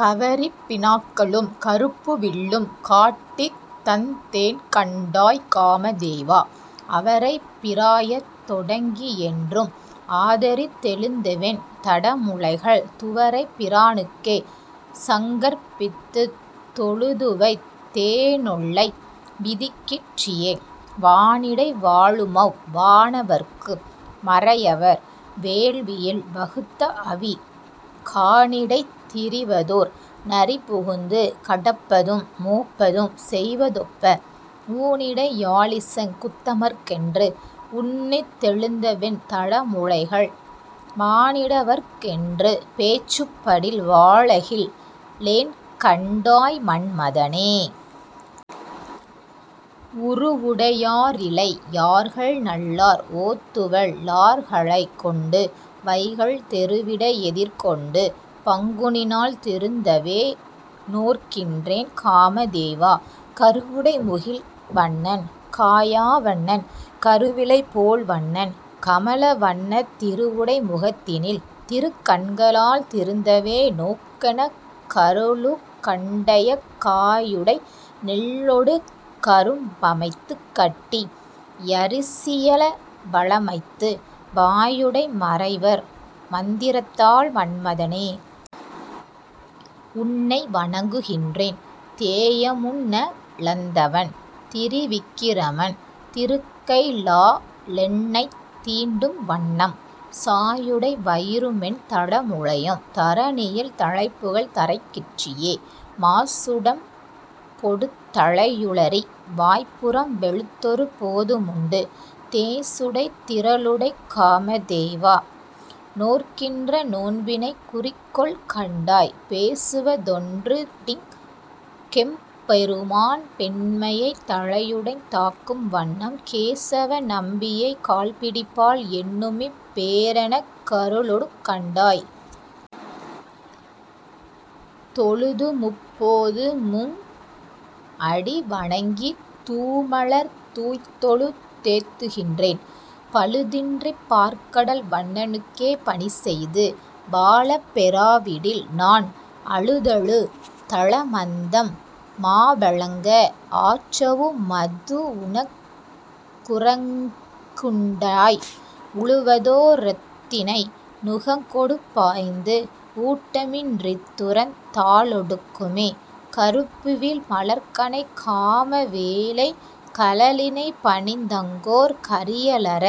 கவரிப் பிணாக்களும் கருப்புவில்லும் காட்டித்தந் தேன்கண்டாய் காமதேவா, அவரைப் பிராயந் தொடங்கிஎன்றும் ஆதரித் தெழுந்தவென் தடமுலைகள், துவரைப் பிரானுக்கே சங்கற்பித்துத் தொழுதுவைத் தேனொல்லை விதிக்கிற்றியே. வானிடை வாழுமவ் வானவர்க்கு மறையவர் வேள்வியில் வகுத்தஅவி, கானிடைத் திரிவதோர் நரிபுகுந்து கடப்பதும் மோப்பதும் செய்வதொப்ப, ஊனிடை யாழிசங் குத்தமர்க்கென்று உன்னித் தெழுந்தவென் தடமுலைகள், மானிட வர்க்கென்று பேச்சுப்படில் வாழகில் லேன்கண்டாய் மன்மதனே. உருவுடை யாரிளை யார்கள்நல்லார் ஓத்துவல் லார்களைக் கொண்டு, வைகல் தெருவிடை யெதிர்கொண்டு பங்குனிநாள் திருந்தவே நோற்கின்றேன் காமதேவா, கருவுடை முகில்வண்ணன் காயாவண்ணன் கருவிளை போல்வண்ணன், கமலவண்ணத் திருவுடை முகத்தினில் திருக்கண்களால் திருந்தவே நோக்கெனக் கருளுகண்டய். காயுடை நெல்லொடு கரும்பமைத்துக் கட்டி யரிசி யவலமைத்து, வாயுடை மறையவர் மந்திரத்தால் மன்மத னே. உன்னை வணங்குகின்றேன், தேயமுன் னளந்தவன் திரிவிக்கிரமன் திருக்கைக ளாலென்னைத் தீண்டும்வண்ணம், சாயுடை வயிறுமென் தடமுலையும் தரணியில் தலைப்புகழ் தரக்கிற்றியே. மாசுடை யுடம்பொடு தலையுலறி வாய்ப்புரம் வெளுத்தொரு போதுமுண்டு, தேசுடை திறலுடைக் காமதேவா. நோற்கின்ற நோன்பினைக் குறிக்கொள்கண்டாய், பேசுவ தொன்றுண்டிங் கெம்பெருமான் பெண்மையைத் தலையுடைத் தாக்கும்வண்ணம் கேசவ நம்பியைக் கால்பிடிப்பாள் என்னுமிப் பேறெனக் கருளுகண்டாய். தொழுதுமுப் போதுமுன் னடிவணங்கித் தூமலர் தூய்த்தொழு தேத்துகின்றேன், பழுதின்றிப் பாற்கடல் வண்ணனுக்கே பணிசெய்து வாழப் பெறாவிடில்நான், அழுதழு தலமந்தம் மாவழங்க ஆற்றவு மதுவுனக் குறைக்குங்கண்டாய், உழுவதோ ரெருத்தினை நுகங்கொடுபாய்ந்து ஊட்டமின் றித்துரந் தாலொக்குமே. கருப்புவில் மலர்க்கணைக் காமவேளைக் கழலிணை பணிந்தங்கோர் கரியலற,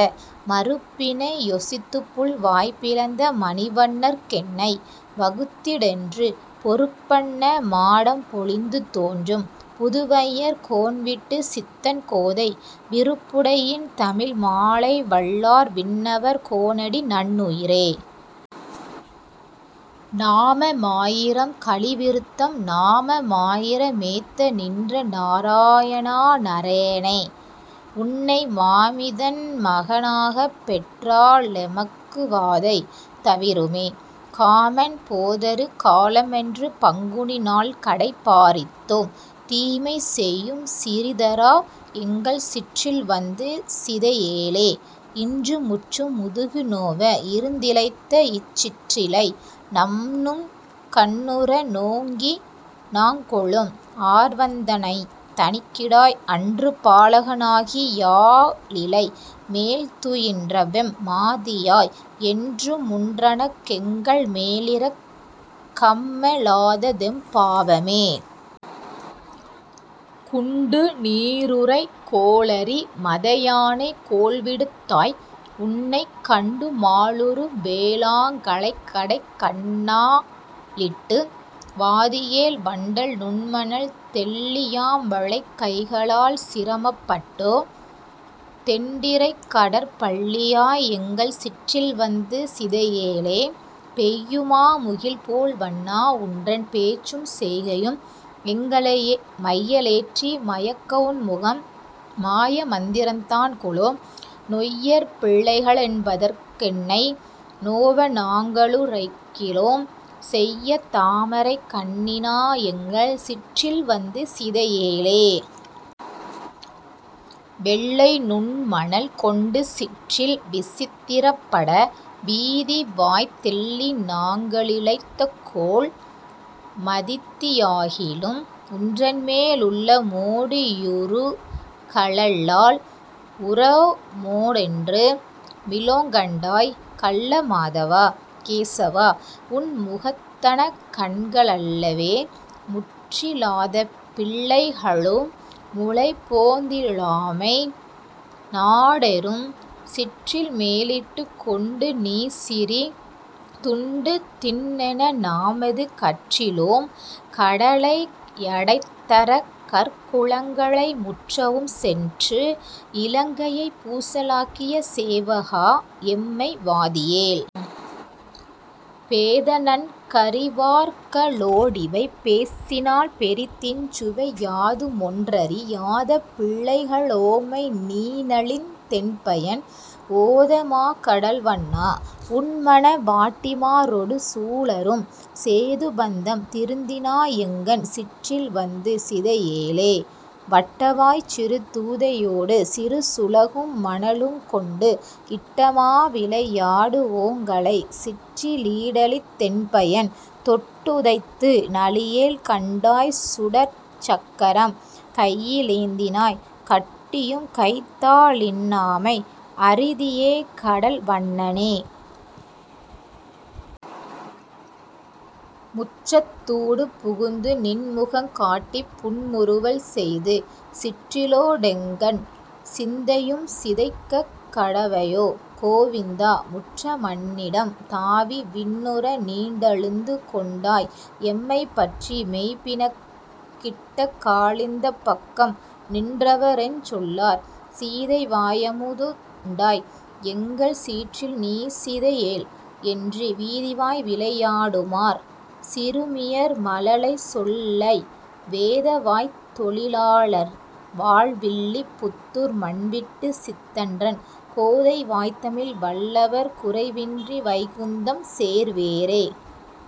மருப்பினை யொசித்துப்புள் வாய்பிளந்த மணிவண்ணற் கென்னை வகுத்திடென்று, பொருப்பன்ன மாடம்பொ லிந்துதோன்றும் புதுவையர் கோன்விட்டு சித்தன்கோதை, விருப்புடை யின்தமிழ் மாலைவல்லார் விண்ணவர் கோனடி நண்ணுவரே.: நாமமாயிரம் கலி விருத்தம் நாமமாயிர மேத்தநின்ற நாராயணாநர னே, உன்னை மாமிதன்மக னாகப்பெற்றா லெமக்குவாதை தவிருமே, காமன்போதரு காலமென்றுபங் குனிநாள்கடை பாரித்தோம், தீமைசெய்யும் சிரீதரா. எங்கள் சிற்றில்வந்து சிதையேலே. இன்றுமுற்றும் முதுகுநோவ இருந்திழைத்தஇச் சிற்றிலை, நன்றும்கண்ணுற நோக்கிநாங்கொளும் ஆர்வந்தன்னைத் தணிகிடாய், அன்றுபாலக னாகியாலிலை மேல்துயின்றவெம் மாதியாய், என்றுமுன்றனக் கெங்கள்மேலிரக் கம்மெழாததெம் பாவமே. குண்டுநீருறை கோளரீ. மத யானைகோள்விடுத் தாய், உன்னைக் கண்டுமாலுறு வோங்களைக்கடைக் கண்களாலிட்டு வாதியேல், வண்டல்நுண்மணல் தெள்ளியாம்வளைக் கைகளால்சிர மப்பட்டோ ம், தெண்டிரைக்கடற் பள்ளியாய். எங்கள் சிற்றில்வந்து சிதையேலே. பெய்யுமாமுகில் போல்வண்ணா. உன்றன், பேச்சும்செய்கையும், எங்களை மையலேற்றி மயக்கவுன்முகம் மாயமந்திரந் தான்கொலோ, நொய்யர்பிள்ளைக ளென்பதற்குன்னை நோவநாங்களு ரைக்கிலோம், செய்யதாமரைக் கண்ணினாயெங்கள் சிற்றில்வந்து சிதையேலே. வெள்ளைநுண்மணல் கொண்டுசிற்றில் விசித்திரப்பட, வீதிவாய்த் தெள்ளிநாங்களி ழைத்தகோல மழித்தியாகிலும், உன்றன்மேல் உள்ளமோடி யுருகலல்லால் உரோடமொன்று மிலோங்கண்டாய், கள்ளமாதவா. கேசவா. உன் முகத்தனகண்க ளல்லவே. முற்றிலாதபிள் ளைகளோம்முலை போந்திலாதோமை, நாடொறும் சிற்றில்மேலிட்டுக் கொண்டுநீசிறி துண்டுதிண்ணென நாமது கற்றிலோம், கட லையடைத்தரக்- கர்குலங்களை முற்றவும் செற்று, இலங்கையைப் பூசலாக்கிய சேவகா. எம்மை வாதியேல். பேதநன்கறி வார்களோடிவை பேசினால்பெரி திஞ்சுவை, யாதுமொன்றறி யாதபிள்ளைக ளோமைநீநலிந் தென்பயன், ஓதமாகடல் வண்ணா. உன்மண வாட்டிமாரொடு சூழறும், சேதுபந்தம் திருத்தினாயெங்கள் சிற்றில்வந்து சிதையேலே. வட்டவாய்ச்சிறு தூதையோடு சிறுசுளகும்மண லுங்கொண்டு, இட்டமாவிளை யாடுவோங்களைச் சிற்றிலீடழித் தென்பயன், தொட்டுதைத்துநலி யேல்கண்டாய்சுடர்ச் சக்கரம்கையி லேந்தினாய், கட்டியும்கைத் தாலின்னாமை அறிதியேகடல் வண்ணனே. முற்றத்தூடு புகுந்துநின்முகங் காட்டிப்புன்முறு வல்செய்து, சிற்றிலோடெங்கள் சிந்தையும்சிதைக் கக்கடவையோ கோவிந்தா, முற்றமண்ணிடம் தாவிவிண்ணுற நீண்டளந்துகொண் டாய், எம்மைப்- பற்றிமெய்ப்பிணக் கிட்டக்காலிந்தப் பக்கம்நின்றவ ரெஞ்சொல்லார்? சீதைவாயமு தமுண்டாய். எங்கள் சிற்றில்நீசிதை யேல். என்று, வீதிவாய்விளை யாடுமாயர் சிறுமியர்மழ லைச்சொல்லை, வேதவாய்த்தொழி லார்கள்வாழ்வில்லி புத்தூர்மன்விட்டு சித்தன்றன், கோதைவாய்த்தமிழ் வல்லவர்குறை வின்றிவைகுந்தம் சேர்வரே.: